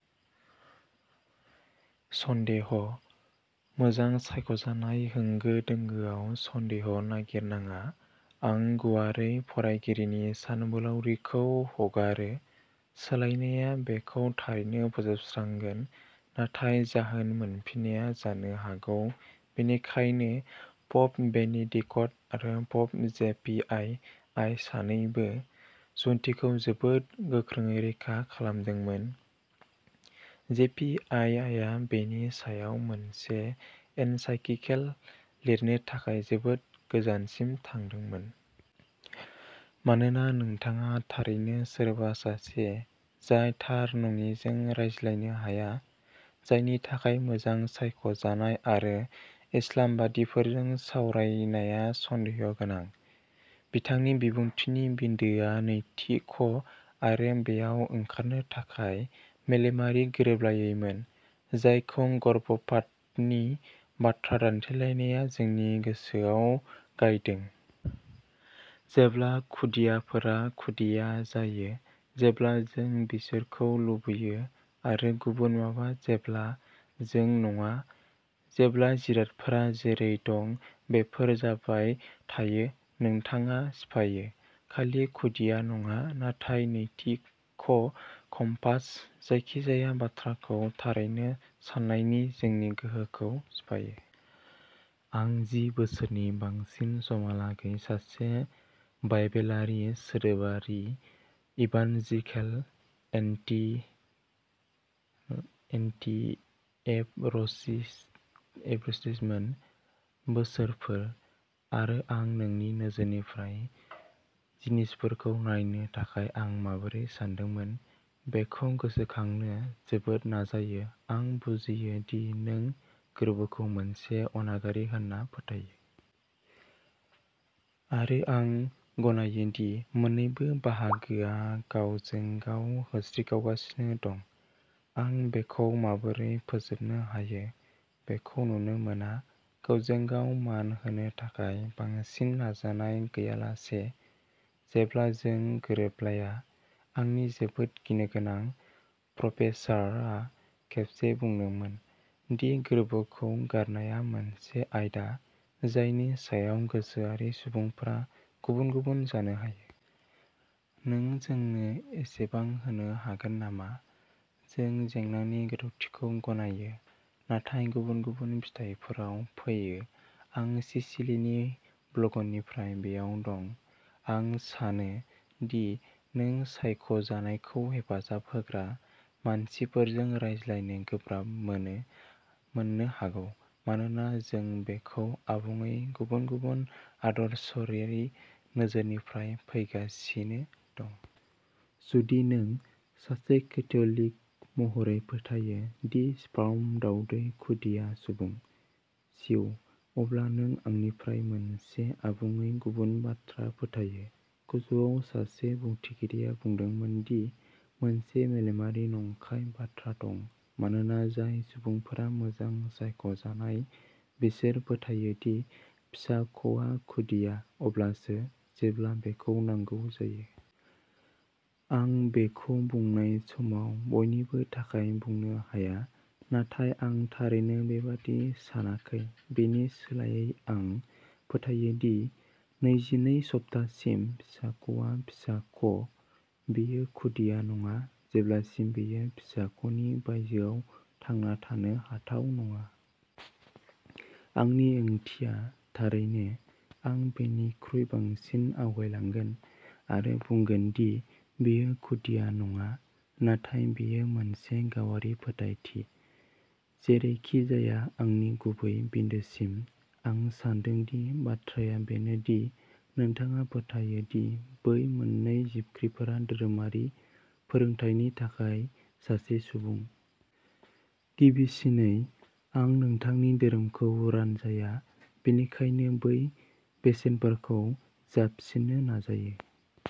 सन्देह'। मोजां सायख'नाय होंगो-दोंगोआव सन्देह' नागिरनाङा। आं गुवारै फरायगिरिनि सानबोलावरिखौ हगारो। सोलायनाया बेखौ थारैनो फोजोबस्रांगोन, नाथाय जाहोन मोनफिननाया जानो हागौ बेनिखायनो प'प बेनेडिकट आरो प'प जेपिआइआइ सानैबो जुन्तिखौ जोबोद गोख्रोङै रैखा खालामदोंमोन, जेपिआइआइआ बेनि सायाव मोनसे एनसाइक्लिकेल लिरनो थाखाय जोबोद गोजानसिम थांदोंमोन। मानोना नोंथाङा थारैनो सोरबा सासे जाय थार नङिजों रायज्लायनो हाया, जायनि थाखाय मोजां सायख'जानाय आरो इस्लामबादिफोरजों सावरायनाया सन्देह' गोनां। बिथांनि बिबुंथिनि बिन्दोआ नैतिक' आरो, बेयाव ओंखारनो थाखाय, मेलेमारि गोरोबलायैमोन। जायख गर्भपातनि बाथ्रा दान्थेलायनाया जोंनि गोसोयाव गायदों। जेब्ला खुदियाफोरा खुदिया जायो जेब्ला जों बिसोरखौ लुबैयो आरो गुबुन माबा जेब्ला जों नङा, जेब्ला जिरादफोरा जेरै दं बेफोर जाबाय थायो नोंथाङा सिफायो, खालि खुदिया नङा, नाथाय नैति क' कम्पास, जायखिजाया बाथ्राखौ थारैनो सान्नायनि जोंनि गोहोखौ सिफायो। आं जि बोसोरनि बांसिन समहालागै सासे बाइबेलारि सोदोबारि इभान्जिकेल एन्टी-एबर'सिश एबरस'निस्टमोन। बोसोरफोर, आरो आं नोंनि नोजोरनिफ्राय जिनिसफोरखौ नायनो थाखाय आं माबोरै सानदोंमोन बेखौ गोसोखांनो जोबोद नाजायो। आं बुजियो दि नों गोर्बोखौ मोनसे अनागारि होनना फोथायो। आरो आं गनायो दि मोन्नैबो बाहागोआ गावजों-गाव होस्रिख्रावगासिनो दं। आं बेखौ माबोरै फोजोबनो हायो बेखौ नुनो मोना, गावजों-गाव मान होनो थाखाय बांसिन नाजानाय गैयालासे, जेब्ला जों गोरोबलाया। आंनि जोबोद गिनोगोनां प्रफेसारआ खेबसे बुंदोंमोन दि गोर्बोखौ गारनाया मोनसे आयदा जायनि सायाव गोसोआरि सुबुंफोरा गुबुन-गुबुन जानो हायो। नों जोंनो एसेबां होनो हागोन नामा? जों जेंनानि गोथौथिखौ गनायो, नाथाय गुबुन-गुबुन फिथाइफोराव फैयो आं सिसिलिनि ब्लगननिफ्राय बेयाव दं। आं सानो दि नों सायख'जानायखौ हेफाजाब होग्रा मानसिफोरजों रायज्लायनो गोब्राब मोनो मोननो हागौ। मानोना जों बेखौ आबुङै गुबुन-गुबुन आदर्शारि नोजोरनिफ्राय फैगासिनो दं। जुदि नों, सासे केथ'लिक महरै, फोथायो दि स्पार्म दावदै खुदिया सुबुं। जिउ, अब्ला नों आंनिफ्राय मोनसे आबुङै गुबुन बाथ्रा फोथायो। गोजौआव सासे बिबुंथिगिरिया बुंदोंमोन दि मोनसे मेलेमारि नंखाय बाथ्रा दं मानोना जाय सुबुंफोरा मोजां सायख'जानाय, बिसोर फोथायो दि फिसाख'आ खुदिया अब्लासो जेब्ला बेखौ नांगौ जायो। आं बेखौ बुंनाय समाव बयनिबो थाखाय बुंनो हाया, नाथाय आं थारैनो बेबादि सानाखै। बेनि सोलायै, आं फोथायो दि नैजिनै सप्तासिम, फिसाख'आ फिसाख'। बेयो खुदिया नङा जेब्लासिम बेयो फिसाख'नि बायजोआव थांना थानो हाथाव नङा। आंनि ओंथिया, थारैनो, आं बेनिख्रुइ बांसिन आवगायलांगोन आरो बुंगोन दि बेयो खुदिया नङा, नाथाय बेयो मोनसे गावारि फोथायथि। जेरैखिजाया, आंनि गुबै बिन्दोसिम, आं सान्दों दि बाथ्राया बेनो दि नोंथाङा फोथायो दि बै मोननै जिबख्रिफोरा धोरोमारि फोरोंथायनि थाखाय सासे सुबुं। गिबिसिनै, आं नोंथांनि धोरोमखौ रानजाया, बेनिखायनो बै बेसेनफोरखौ जाबसिननो नाजायो।